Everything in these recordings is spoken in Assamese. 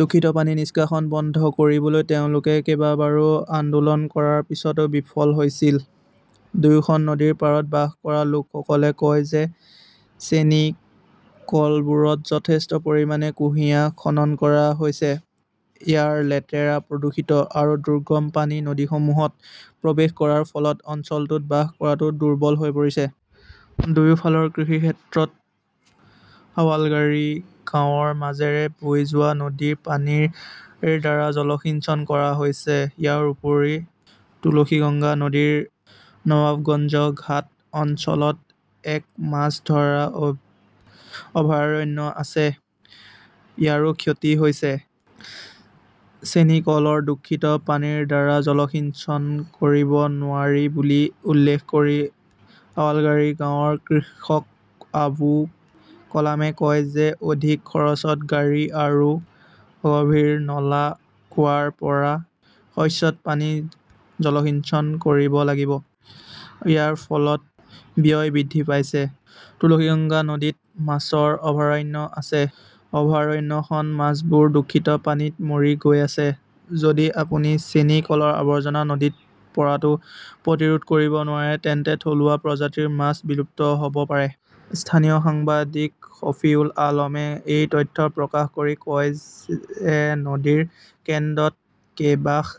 দূষিত পানী নিষ্কাশন বন্ধ কৰিবলৈ তেওঁলোকে কেইবাবাৰো আন্দোলন কৰাৰ পিছতো বিফল হৈছিল। দুয়োখন নদীৰ পাৰত বাস কৰা লোকসকলে কয় যে চেনি কলবোৰত যথেষ্ট পৰিমাণে কুঁহিয়াৰ খনন কৰা হৈছে। ইয়াৰ লেতেৰা, প্ৰদূষিত আৰু দুৰ্গম পানী নদীসমূহত প্ৰৱেশ কৰাৰ ফলত অঞ্চলটোত বাস কৰাটো দুৰ্বল হৈ পৰিছে। দুয়োফালৰ কৃষিক্ষেত্ৰত আৱালগাড়ী গাঁৱৰ মাজেৰে বৈ যোৱা নদীৰ পানীৰ দ্বাৰা জলসিঞ্চন কৰা হৈছিল। ইয়াৰ উপৰিও, তুলসীগঙ্গা নদীৰ নৱাবগঞ্জ ঘাট অঞ্চলত এক মাছ ধৰা অভয়াৰণ্য আছে। ইয়াৰো ক্ষতি হৈছে। চিনি কলৰ দূষিত পানীৰ দ্বাৰা জলসিঞ্চন কৰিব নোৱাৰি বুলি উল্লেখ কৰি আৱালগাড়ী গাঁৱৰ কৃষক আবু কলামে কয় যে অধিক খৰচত গভীৰ আৰু অগভীৰ নলা কুঁৱাৰ পৰা শস্যত পানী জলসিঞ্চন কৰিব লাগিব। ইয়াৰ ফলত ব্যয় বৃদ্ধি পাইছে। তুলসীগঙ্গা নদীত মাছৰ অভয়াৰণ্য আছে। অভয়াৰণ্যখনৰ মাছবোৰ দূষিত পানীত মৰি গৈ আছে। যদি আপুনি চেনি কলৰ আৱৰ্জনা নদীত পৰাটো প্ৰতিৰোধ কৰিব নোৱাৰে তেন্তে থলুৱা প্ৰজাতিৰ মাছ বিলুপ্ত হ 'ব পাৰে। স্থানীয় সাংবাদিক শফিউল আলমে এই তথ্য প্ৰকাশ কৰি কয় যে নদীৰ কেন্দ্ৰত কেইবাশ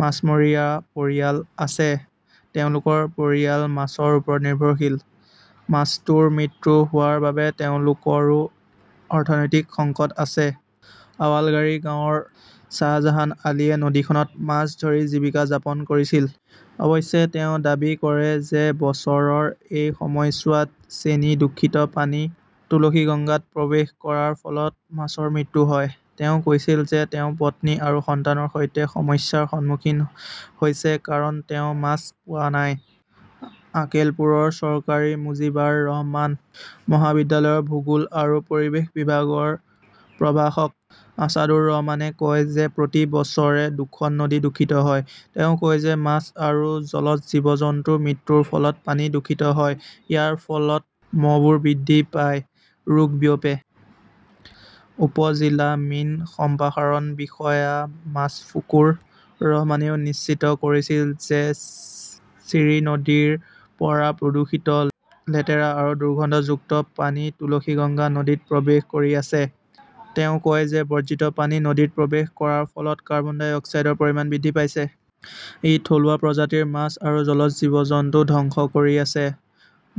মাছমৰীয়া পৰিয়াল আছে। তেওঁলোকৰ পৰিয়াল মাছৰ ওপৰত নিৰ্ভৰশীল। মাছটোৰ মৃত্যু হোৱাৰ বাবে তেওঁলোকৰো অৰ্থনৈতিক সংকট আছে। আৱালগাড়ী গাঁৱৰ শ্বাহজাহান আলীয়ে নদীখনত মাছ ধৰি জীৱিকা যাপন কৰিছিল। অৱশ্যে, তেওঁ দাবী কৰে যে বছৰৰ এই সময়ছোৱাত চেনিৰ দূষিত পানী তুলসীগঙ্গাত প্ৰৱেশ কৰাৰ ফলত মাছৰ মৃত্যু হয়। তেওঁ কৈছিল যে তেওঁ পত্নী আৰু সন্তানৰ সৈতে সমস্যাৰ সন্মুখীন হৈছে কাৰণ তেওঁ মাছ পোৱা নাই। আকেলপুৰৰ চৰকাৰী মুজিবাৰ ৰহমান মহাবিদ্যালয়ৰ ভূগোল আৰু পৰিৱেশ বিভাগৰ প্ৰভাষক আছাদুৰ ৰহমানে কয় যে প্ৰতি বছৰে দুখন নদী দূষিত হয়। তেওঁ কয় যে মাছ আৰু জলজ জীৱ-জন্তুৰ মৃত্যুৰ ফলত পানী দূষিত হয়। ইয়াৰ ফলত মহবোৰ বৃদ্ধি পায়, ৰোগ বিয়পে। উপ জিলা মীন সম্প্ৰসাৰণ বিষয়া মাছফুকুৰ ৰহমানেও নিশ্চিত কৰিছিল যে চিৰি নদীৰ পৰা প্ৰদূষিত, লেতেৰা আৰু দুৰ্গন্ধযুক্ত পানী তুলসীগঙ্গা নদীত প্ৰৱেশ কৰি আছে। তেওঁ কয় যে বৰ্জিত পানী নদীত প্ৰৱেশ কৰাৰ ফলত কাৰ্বন ডাই অক্সাইডৰ পৰিমাণ বৃদ্ধি পাইছে। ই থলুৱা প্ৰজাতিৰ মাছ আৰু জলজ জীৱ জন্তু ধ্বংস কৰি আছে।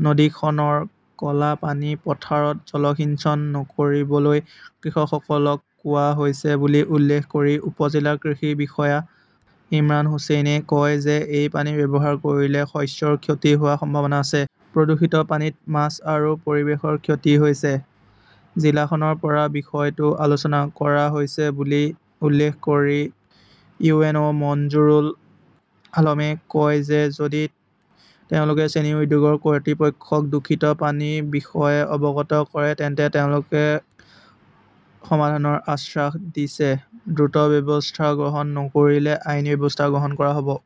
নদীখনৰ ক 'লা পানী পথাৰত জলসিঞ্চন নকৰিবলৈ কৃষকসকলক কোৱা হৈছে বুলি উল্লেখ কৰি উপ-জিলা কৃষি বিষয়া ইমৰান হুচেইনে কয় যে এই পানী ব্যৱহাৰ কৰিলে শস্যৰ ক্ষতি হোৱাৰ সম্ভাৱনা আছে। প্ৰদূষিত পানীত মাছ আৰু পৰিৱেশৰ ক্ষতি হৈছে। জিলাখনৰ পৰা বিষয়টো আলোচনা কৰা হৈছে বুলি উল্লেখ কৰি ইউ এন অ মঞ্জুৰুল আলমে কয় যে যদি তেওঁলোকে চেনি উদ্যোগৰ কৰ্তৃপক্ষক দূষিত পানীৰ বিষয়ে অৱগত কৰে তেন্তে তেওঁলোকে সমাধানৰ আশ্বাস দিছে। দ্ৰুত ব্যৱস্থা গ্ৰহণ নকৰিলে আইনী ব্যৱস্থা গ্ৰহণ কৰা হ’ব।